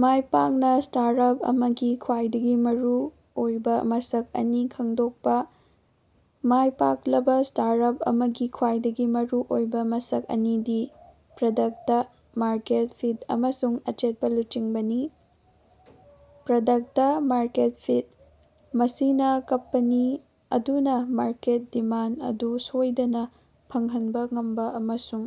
ꯃꯥꯏꯄꯥꯛꯅ startup ꯑꯃꯒꯤ ꯈ꯭ꯋꯥꯏꯗꯒꯤ ꯃꯔꯨꯑꯣꯏꯕ ꯃꯁꯛ ꯑꯅꯤ ꯈꯪꯗꯣꯛꯄ꯫ ꯃꯥꯏ ꯄꯥꯛꯂꯕ ꯁ꯭ꯇꯥꯔꯠꯑꯞ ꯑꯃꯒꯤ ꯈ꯭ꯋꯥꯏꯗꯒꯤ ꯃꯔꯨꯑꯣꯏꯕ ꯃꯁꯛ ꯑꯅꯤꯗꯤ ꯄ꯭ꯔꯗꯛꯇ-ꯃꯥꯔꯀꯦꯠ ꯐꯤꯠ ꯑꯃꯁꯨꯡ ꯑꯆꯦꯠꯄ ꯂꯨꯆꯤꯡꯕꯅꯤ꯫ ꯄ꯭ꯔꯗꯛꯇ-ꯃꯥꯔꯀꯦꯠ ꯐꯤꯠ: ꯃꯁꯤꯅ ꯀꯝꯄꯅꯤ ꯑꯗꯨꯅ ꯃꯥꯔꯀꯦꯠ ꯗꯤꯃꯥꯟꯗ ꯑꯗꯨ ꯁꯣꯏꯗꯅ ꯐꯪꯍꯟꯕ ꯉꯝꯕ ꯑꯃꯁꯨꯡ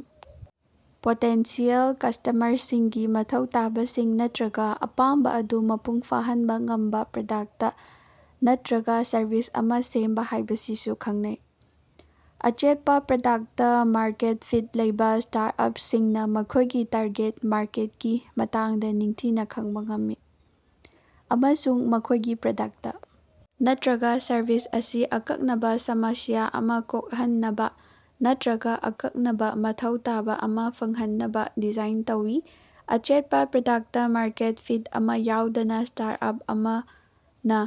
ꯄꯣꯇꯦꯟꯁꯤꯑꯦꯜ ꯀꯁ꯭ꯇꯃꯔꯁꯤꯡꯒꯤ ꯃꯊꯧ ꯇꯥꯕꯁꯤꯡ ꯅꯠꯇ꯭ꯔꯒ ꯑꯄꯥꯝꯕ ꯑꯗꯨ ꯃꯄꯨꯡ ꯐꯥꯍꯟꯕ ꯉꯝꯕ ꯄ꯭ꯔꯗꯛꯇ ꯅꯠꯇ꯭ꯔꯒ ꯁꯔꯚꯤꯁ ꯑꯃ ꯁꯦꯝꯕ ꯍꯥꯏꯕꯁꯤꯕꯨ ꯈꯪꯅꯩ꯫ ꯑꯆꯦꯠꯄ ꯄ꯭ꯔꯗꯛꯇ-ꯃꯥꯔꯀꯦꯠ ꯐꯤꯠ ꯂꯩꯕ ꯁ꯭ꯇꯥꯔꯇꯑꯄꯁꯤꯡꯅ ꯃꯈꯣꯏꯒꯤ ꯇꯥꯔꯒꯦꯠ ꯃꯥꯔꯀꯦꯠꯀꯤ ꯃꯇꯥꯡꯗ ꯅꯤꯡꯊꯤꯅ ꯈꯪꯕ ꯉꯝꯃꯤ ꯫ ꯑꯃꯁꯨꯡ ꯃꯈꯣꯏꯒꯤ ꯄ꯭ꯔꯗꯛꯇ ꯅꯠꯇ꯭ꯔꯒ ꯁꯔꯕꯤꯁ ꯑꯁꯤ ꯑꯀꯛꯅꯕ ꯁꯃꯁ꯭ꯌꯥ ꯑꯃ ꯀꯣꯛꯍꯟꯅꯕ ꯅꯠꯇ꯭ꯔꯒ ꯑꯀꯛꯅꯕ ꯃꯊꯧ ꯇꯥꯕ ꯑꯃ ꯐꯪꯍꯟꯅꯕ ꯗꯤꯖꯥꯏꯟ ꯇꯧꯏ꯫ ꯑꯆꯦꯠꯄ ꯄ꯭ꯔꯗꯛꯇ-ꯃꯥꯔꯀꯦꯠ ꯐꯤꯠ ꯑꯃ ꯌꯥꯎꯗꯅ ꯁ꯭ꯇꯥꯔꯇꯑꯞ ꯑꯃꯅ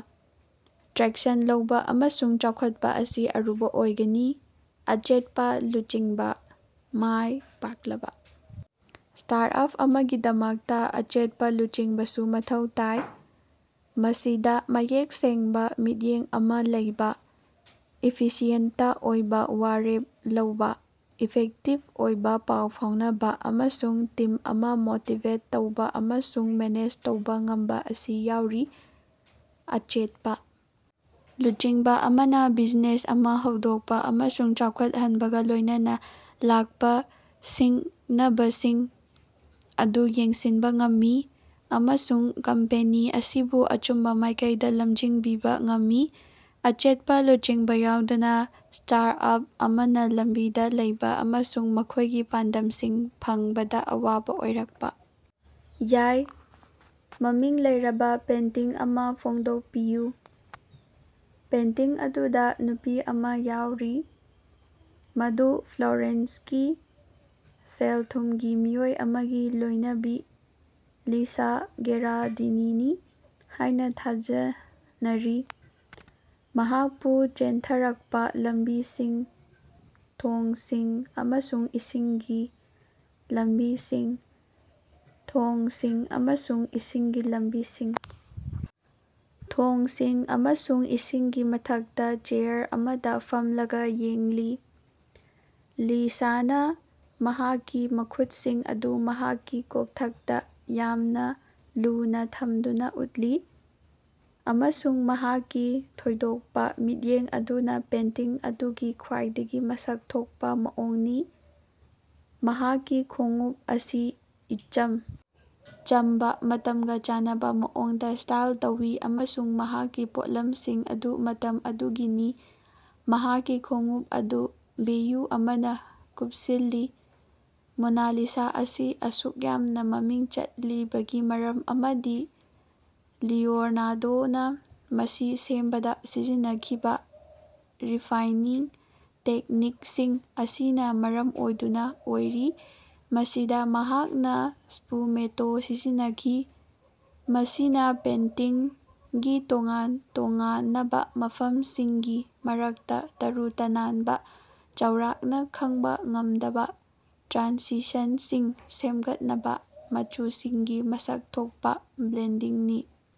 ꯇ꯭ꯔꯦꯛꯁꯟ ꯂꯧꯕ ꯑꯃꯁꯨꯡ ꯆꯥꯎꯈꯠꯄ ꯑꯁꯤ ꯑꯔꯨꯕ ꯑꯣꯏꯒꯅꯤ꯫ ꯑꯆꯦꯠꯄ ꯂꯨꯆꯤꯡꯕ: ꯃꯥꯏ ꯄꯥꯛꯂꯕ ꯁ꯭ꯇꯥꯔꯇꯑꯞ ꯑꯃꯒꯤꯗꯃꯛꯇ ꯑꯆꯦꯠꯄ ꯂꯨꯆꯤꯡꯕꯁꯨ ꯃꯊꯧ ꯇꯥꯏ꯫ ꯃꯁꯤꯗ ꯃꯌꯦꯛ ꯁꯦꯡꯕ ꯃꯤꯠꯌꯦꯡ ꯑꯃ ꯂꯩꯕ,, ꯏꯐꯤꯁꯤꯌꯦꯟꯇ ꯑꯣꯏꯕꯥ ꯋꯥꯔꯦꯞ ꯂꯧꯕ, ꯏꯐꯦꯛꯇꯤꯕ ꯑꯣꯏꯕ ꯄꯥꯎ ꯐꯥꯎꯅꯕ, ꯑꯃꯁꯨꯡ ꯇꯤꯝ ꯑꯃ ꯃꯣꯇꯤꯕꯦꯠ ꯇꯧꯕ ꯑꯃꯁꯨꯡ ꯃꯦꯅꯦꯖ ꯇꯧꯕ ꯉꯝꯕ ꯑꯁꯤ ꯌꯥꯎꯔꯤ꯫ ꯑꯆꯦꯠꯄ ꯂꯨꯆꯤꯡꯕ ꯑꯃꯅ ꯕꯤꯖꯤꯅꯦꯁ ꯑꯃ ꯍꯧꯗꯣꯛꯄ ꯑꯃꯁꯨꯡ ꯆꯥꯎꯈꯠꯍꯟꯕꯒ ꯂꯣꯏꯅꯅ ꯂꯥꯛꯄ ꯁꯤꯡꯅꯕꯁꯤꯡ ꯑꯗꯨ ꯌꯦꯡꯁꯤꯟꯕ ꯉꯝꯃꯤ꯫ ꯑꯃꯁꯨꯡ ꯀꯝꯄꯦꯅꯤ ꯑꯁꯤꯕꯨ ꯑꯆꯨꯝꯕ ꯃꯥꯏꯀꯩꯗ ꯂꯃꯖꯤꯡꯕꯤꯕ ꯉꯝꯃꯤ꯫ ꯑꯆꯦꯠꯄ ꯂꯨꯆꯤꯡꯕ ꯌꯥꯎꯗꯅ ꯁ꯭ꯇꯥꯔꯇꯑꯞ ꯑꯃꯅ ꯂꯝꯕꯤꯗ ꯂꯩꯕ ꯑꯃꯁꯨꯡ ꯃꯈꯣꯏꯒꯤ ꯄꯥꯟꯗꯝꯁꯤꯡ ꯐꯪꯕꯗ ꯑꯋꯥꯕ ꯑꯣꯏꯔꯛꯄ ꯌꯥꯏ꯫ ꯃꯃꯤꯡ ꯂꯩꯔꯕ ꯄꯦꯟꯇꯤꯡ ꯑꯃ ꯐꯣꯡꯗꯣꯛꯄꯤꯌꯨ꯫ ꯄꯦꯟꯇꯤꯡ ꯑꯗꯨꯗ ꯅꯨꯄꯤ ꯑꯃ ꯌꯥꯎꯔꯤ꯫ ꯃꯗꯨ ꯐ꯭ꯂꯣꯔꯦꯟꯁꯀꯤ ꯁꯦꯜ ꯊꯨꯝꯒꯤ ꯃꯤꯑꯣꯏ ꯑꯃꯒꯤ ꯂꯣꯏꯅꯕꯤ ꯂꯤꯁꯥ ꯒꯦꯔꯥꯗꯤꯅꯤꯅꯤ ꯍꯥꯏꯅ ꯊꯥꯖꯅꯔꯤ꯫ ꯃꯍꯥꯛꯄꯨ ꯆꯦꯟꯊꯔꯛꯄ ꯂꯝꯕꯤꯁꯤꯡ, ꯊꯣꯡꯁꯤꯡ ꯑꯃꯁꯨꯡ ꯏꯁꯤꯡꯒꯤ ꯂꯝꯕꯤꯁꯤꯡ, ꯊꯣꯡꯁꯤꯡ ꯑꯃꯁꯨꯡ ꯏꯁꯤꯡꯒꯤ ꯂꯝꯕꯤꯁꯤꯡ, ꯊꯣꯡꯁꯤꯡ ꯑꯃꯁꯨꯡ ꯏꯁꯤꯡꯒꯤ ꯃꯊꯛꯇꯥ ꯆꯦꯌꯔ ꯑꯃꯗ ꯐꯝꯂꯒ ꯌꯦꯡꯂꯤ꯫ ꯂꯤꯁꯥꯅꯥ ꯃꯍꯥꯛꯀꯤ ꯃꯈꯨꯠꯁꯤꯡ ꯑꯗꯨ ꯃꯍꯥꯛꯀꯤ ꯀꯣꯛꯊꯛꯇ ꯌꯥꯝꯅ ꯂꯨꯅ ꯊꯝꯗꯨꯅ ꯎꯠꯂꯤ꯫ ꯑꯃꯁꯨꯡ ꯃꯍꯥꯛꯀꯤ ꯊꯣꯏꯗꯣꯛꯄ ꯃꯤꯠꯌꯦꯡ ꯑꯗꯨꯅ ꯄꯦꯟꯇꯤꯡ ꯑꯗꯨꯒꯤ ꯈ꯭ꯋꯥꯏꯗꯒꯤ ꯃꯁꯛ ꯊꯣꯛꯄ ꯃꯑꯣꯡꯅꯤ꯫ ꯃꯍꯥꯛꯀꯤ ꯈꯣꯡꯎꯞ ꯑꯁꯤ ꯏꯆꯝ ꯆꯝꯕ ꯃꯇꯝꯒ ꯆꯥꯟꯅꯕ ꯃꯑꯣꯡꯗ ꯁ꯭ꯇꯥꯏꯜ ꯇꯧꯏ ꯑꯃꯁꯨꯡ ꯃꯍꯥꯛꯀꯤ ꯄꯣꯠꯂꯝꯁꯤꯡ ꯑꯗꯨ ꯃꯇꯝ ꯑꯗꯨꯒꯤꯅꯤ ꯃꯍꯥꯛꯀꯤ ꯈꯣꯡꯎꯞ ꯑꯗꯨ ꯚꯦꯜꯌꯨ ꯑꯃꯅ ꯀꯨꯄꯁꯤꯜꯂꯤ꯫ ꯃꯣꯅꯥꯂꯤꯁꯥ ꯑꯁꯤ ꯑꯁꯨꯛ ꯌꯥꯝꯅ ꯃꯃꯤꯡ ꯆꯠꯂꯤꯕꯒꯤ ꯃꯔꯝ ꯑꯃꯗꯤ ꯂꯤꯑꯣꯅꯥꯔꯗꯣꯅꯥ ꯃꯁꯤ ꯁꯦꯝꯕꯗ ꯁꯤꯖꯤꯟꯅꯈꯤꯕ ꯔꯤꯐꯥꯏꯅꯤꯡ ꯇꯦꯛꯅꯤꯛꯁꯤꯡ ꯑꯁꯤꯅ ꯃꯔꯝ ꯑꯣꯏꯗꯨꯅ ꯑꯣꯏꯔꯤ꯫ ꯃꯁꯤꯗ ꯃꯍꯥꯛꯅ ꯁ꯭ꯐꯨꯃꯦꯇꯣ ꯁꯤꯖꯤꯟꯅꯈꯤ꯫ ꯃꯁꯤꯅꯥ ꯄꯦꯟꯇꯤꯡꯒꯤ ꯇꯣꯉꯥꯟ ꯇꯣꯉꯥꯅꯕꯥ ꯃꯐꯝꯁꯤꯡꯒꯤ ꯃꯔꯛꯇ ꯇꯔꯨ ꯇꯅꯥꯟꯕ ꯆꯥꯎꯔꯥꯛꯅ ꯈꯪꯕ ꯉꯝꯗꯕ ꯇ꯭ꯔꯥꯟꯁꯤꯁꯟꯁꯤꯡ ꯁꯦꯝꯒꯠꯅꯕ ꯃꯆꯨꯁꯤꯡꯒꯤ ꯃꯁꯛ ꯊꯣꯛꯄ ꯕ꯭ꯂꯦꯟꯗꯤꯡꯅꯤ꯫.